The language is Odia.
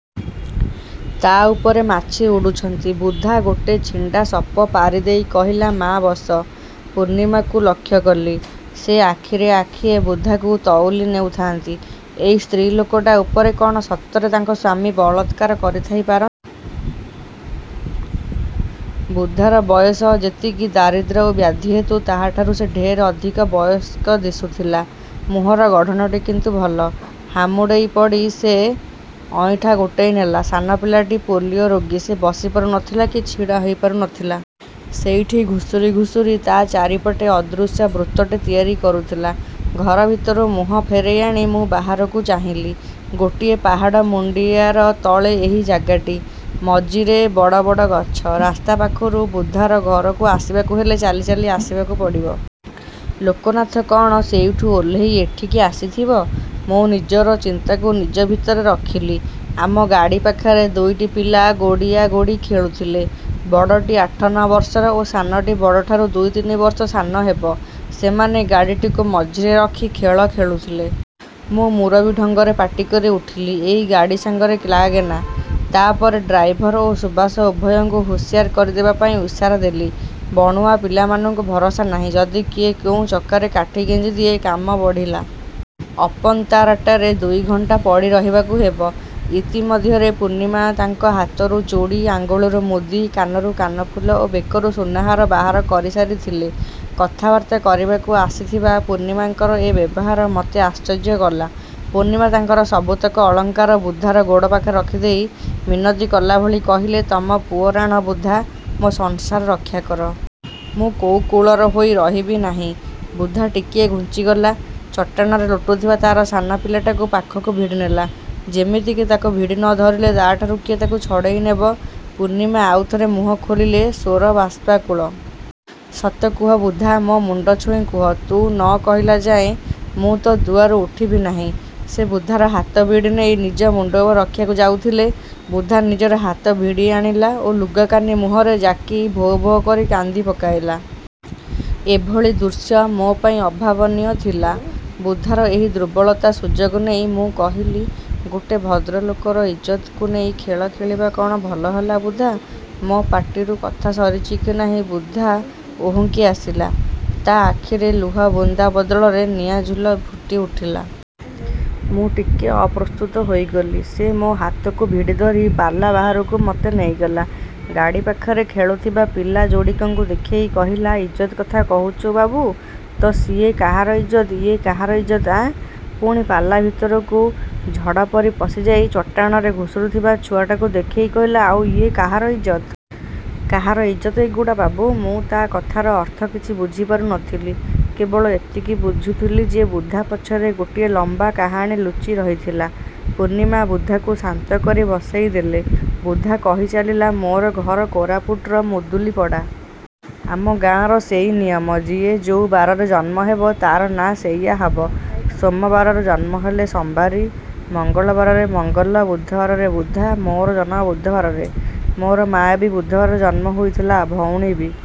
ତା' ଉପରେ ମାଛି ଉଡ଼ୁଛନ୍ତି। ବୁଧା ଗୋଟେ ଛିଣ୍ଡା ଶପ ପାରି ଦେଇ କହିଲା, 'ମା' ବସ।' ପୂର୍ଣ୍ଣିମାଙ୍କୁ ଲକ୍ଷ୍ୟ କଲି। ସେ ଆଖିରେ ଆଖିଏ ବୁଧାକୁ ତଉଲି ନେଉଥାନ୍ତି ଏଇ ସ୍ତ୍ରୀ ଲୋକଟା ଉପରେ କ'ଣ ସତରେ ତାଙ୍କ ସ୍ୱାମୀ ବଳତ୍କାର କରିଥାଇ ପାର ବୁଧାର ବୟସ ଯେତିକି, ଦାରିଦ୍ର୍ୟ ଓ ବ୍ୟାଧି ହେତୁ ତାହାଠାରୁ ସେ ଢେର୍ ଅଧିକ ବୟସ୍କ ଦିଶୁଥିଲା। ମୁହଁର ଗଢ଼ଣଟି କିନ୍ତୁ ଭଲ। ହାମୁଡ଼େଇ ପଡ଼ି ସେ ଅଇଁଠା ଗୋଟେଇ ନେଲା। ସାନ ପିଲାଟି ପୋଲିଓ ରୋଗୀ। ସେ ବସି ପାରୁ ନଥିଲା କି ଛିଡ଼ା ହେଇ ପାରୁ ନଥିଲା। ସେଇଠି ଘୁଷୁରି ଘୁଷୁରି ତା' ଚାରିପଟେ ଅଦୃଶ୍ୟ ବୃତ୍ତଟେ ତିଆରି କରୁଥିଲା। ଘର ଭିତରୁ ମୁହଁ ଫେରେଇ ଆଣି ମୁଁ ବାହାରକୁ ଚାହିଁଲି। ଗୋଟିଏ ପାହାଡ଼ ମୁଣ୍ଡିଆର ତଳେ ଏହି ଜାଗାଟି। ମଝିରେ ବଡ଼ ବଡ଼ ଗଛ। ରାସ୍ତା ପାଖରୁ ବୁଧାର ଘରକୁ ଆସିବାକୁ ହେଲେ ଚାଲି ଚାଲି ଆସିବାକୁ ପଡ଼ିବ। ଲୋକନାଥ କ'ଣ ସେଇଠୁ ଓହ୍ଲେଇ ଏଠିକି ଆସିଥିବ! ମୁଁ ନିଜର ଚିନ୍ତାକୁ ନିଜ ଭିତରେ ରଖିଲି। ଆମ ଗାଡ଼ି ପାଖରେ ଦୁଇଟି ପିଲା ଗୋଡ଼ିଆଗୋଡ଼ି ଖେଳୁଥିଲେ। ବଡ଼ଟି ଆଠ ନଅ ବର୍ଷର ଓ ସାନଟି ବଡ଼ଠାରୁ ଦୁଇ ତିନି ବର୍ଷ ସାନ ହେବ। ସେମାନେ ଗାଡ଼ିଟିକୁ ମଝିରେ ରଖି ଖେଳ ଖେଳୁଥିଲେ। ମୁଁ ମୁରବି ଢଙ୍ଗରେ ପାଟି କରି ଉଠିଲି, "ଏଇ, ଗାଡ଼ି ସାଙ୍ଗରେ ଲାଗେନା।" ତା' ପରେ ଡ୍ରାଇଭର ଓ ସୁଭାଷ ଉଭୟଙ୍କୁ ହୁସିଆର କରିଦେବା ପାଇଁ ଇସାରା ଦେଲି। ବଣୁଆ ପିଲାମାନଙ୍କୁ ଭରସା ନାହିଁ, ଯଦି କିଏ କୋଉ ଚକାରେ କାଠି ଗେଞ୍ଜିଦିଏ କାମ ବଢ଼ିଲା। ଅପନ୍ତାରାଟାରେ ଦୁଇ ଘଣ୍ଟା ପଡ଼ି ରହିବାକୁ ହେବ। ଇତିମଧ୍ୟରେ ପୂର୍ଣ୍ଣିମା ତାଙ୍କ ହାତରୁ ଚୁଡ଼ି, ଆଙ୍ଗୁଳିରୁ ମୁଦି, କାନରୁ କାନଫୁଲ ଓ ବେକରୁ ସୁନାହାର ବାହାର କରି ସାରିଥିଲେ। କଥାବାର୍ତ୍ତା କରିବାକୁ ଆସିଥିବା ପୂର୍ଣ୍ଣିମାଙ୍କର ଏ ବ୍ୟବହାର ମୋତେ ଆଶ୍ଚର୍ଯ୍ୟ କଲା। ପୂର୍ଣ୍ଣିମା ତାଙ୍କର ସବୁତକ ଅଳଙ୍କାର ବୁଧାର ଗୋଡ଼ ପାଖରେ ରଖିଦେଇ ମିନତି କଲା ଭଳି କହିଲେ, "ତମ ପୁଅ ରାଣ ବୁଧା, ମୋ ସଂସାର ରକ୍ଷା କର। ମୁଁ କୋଉ କୂଳର ହୋଇ ରହିବି ନାହିଁ।" ବୁଧା ଟିକିଏ ଘୁଞ୍ଚିଗଲା। ଚଟାଣରେ ଲୋଟୁଥିବା ତା'ର ସାନ ପିଲାଟାକୁ ପାଖକୁ ଭିଡ଼ି ନେଲା। ଯେମିତିକି ତାକୁ ଭିଡ଼ି ନ ଧରିଲେ ତା'ଠାରୁ କିଏ ତାକୁ ଛଡ଼େଇ ନେବ। ପୂର୍ଣ୍ଣିମା ଆଉ ଥରେ ମୁହଁ ଖୋଲିଲେ। ସ୍ୱର ବାଷ୍ପାକୁଳ। "ସତ କୁହ ବୁଧା, ମୋ ମୁଣ୍ଡ ଛୁଇଁ କୁହ। ତୁ ନ କହିଲା ଯାଏ ମୁଁ ତୋ ଦୁଆରୁ ଉଠିବି ନାହିଁ।" ସେ ବୁଧାର ହାତ ଭିଡ଼ି ନେଇ ନିଜ ମୁଣ୍ଡ ଉପରେ ରଖିବାକୁ ଯାଉଥିଲେ ବୁଧା ନିଜର ହାତ ଭିଡ଼ି ଆଣିଲା ଓ ଲୁଗାକାନି ମୁହଁରେ ଜାକି ଭୋ-ଭୋ କରି କାନ୍ଦି ପକାଇଲା। ଏଭଳି ଦୃଶ୍ୟ ମୋ ପାଇଁ ଅଭାବନୀୟ ଥିଲା। ବୁଧାର ଏହି ଦୁର୍ବଳତା ସୁଯୋଗ ନେଇ ମୁଁ କହିଲି, "ଗୋଟେ ଭଦ୍ରଲୋକର ଇଜ୍ଜତକୁ ନେଇ ଖେଳ ଖେଳିବା କ'ଣ ଭଲ ହେଲା ବୁଧା?" ମୋ ପାଟିରୁ କଥା ସରିଛି କି ନାହିଁ ବୁଧା ଉହୁଙ୍କି ଆସିଲା। ତା' ଆଖିରେ ଲୁହ ବୁନ୍ଦା ବଦଳରେ ନିଆଁଝୁଲ ଫୁଟି ଉଠିଲା। ମୁଁ ଟିକେ ଅପ୍ରସ୍ତୁତ ହୋଇଗଲି। ସେ ମୋ ହାତକୁ ଭିଡ଼ି ଧରି ପାଲା ବାହାରକୁ ମୋତେ ନେଇଗଲା। ଗାଡ଼ି ପାଖରେ ଖେଳୁଥିବା ପିଲା ଯୋଡ଼ିକଙ୍କୁ ଦେଖେଇ କହିଲା, "ଇଜ୍ଜତ କଥା କହୁଛୁ ବାବୁ, ତ ସିଏ କାହାର ଇଜ୍ଜତ, ଇଏ କାହାର ଇଜ୍ଜତ ଆଁ?" ପୁଣି ପାଲା ଭିତରକୁ ଝଡ଼ ପରି ପଶି ଯାଇ ଚଟାଣରେ ଘୁଷୁରୁଥିବା ଛୁଆଟାକୁ ଦେଖେଇ କହିଲା, "ଆଉ, ଇଏ କାହାର ଇଜ୍ଜତ? କାହାର ଇଜ୍ଜତ ଏଗୁଡ଼ା ବାବୁ?" ମୁଁ ତା' କଥାର ଅର୍ଥ କିଛି ବୁଝି ପାରୁ ନଥିଲି। କେବଳ ଏତିକି ବୁଝୁଥିଲି ଯେ ବୁଧା ପଛରେ ଗୋଟିଏ ଲମ୍ବା କାହାଣୀ ଲୁଚି ରହିଥିଲା। ପୂର୍ଣ୍ଣିମା ବୁଧାକୁ ଶାନ୍ତ କରି ବସେଇ ଦେଲେ। ବୁଧା କହି ଚାଲିଲା "ମୋର ଘର କୋରାପୁଟର ମୁଦୁଲିପଡ଼ା। ଆମ ଗାଁର ସେଇ ନିୟମ। ଯିଏ ଯୋଉ ବାରରେ ଜନମ ହେବ ତା'ର ନାଁ ସେଇଆ ରହିବ। ସୋମବାରରେ ଜନମ ହେଲେ ସମ୍ବାରୀ, ମଙ୍ଗଳବାରରେ ମଙ୍ଗଲ, ବୁଧବାରରେ ବୁଧା। ମୋର ଜନମ ବୁଧବାରରେ। ମୋର ମା' ବି ବୁଧବାରରେ ଜନମ ହୋଇଥିଲା, ଭଉଣୀ ବି।"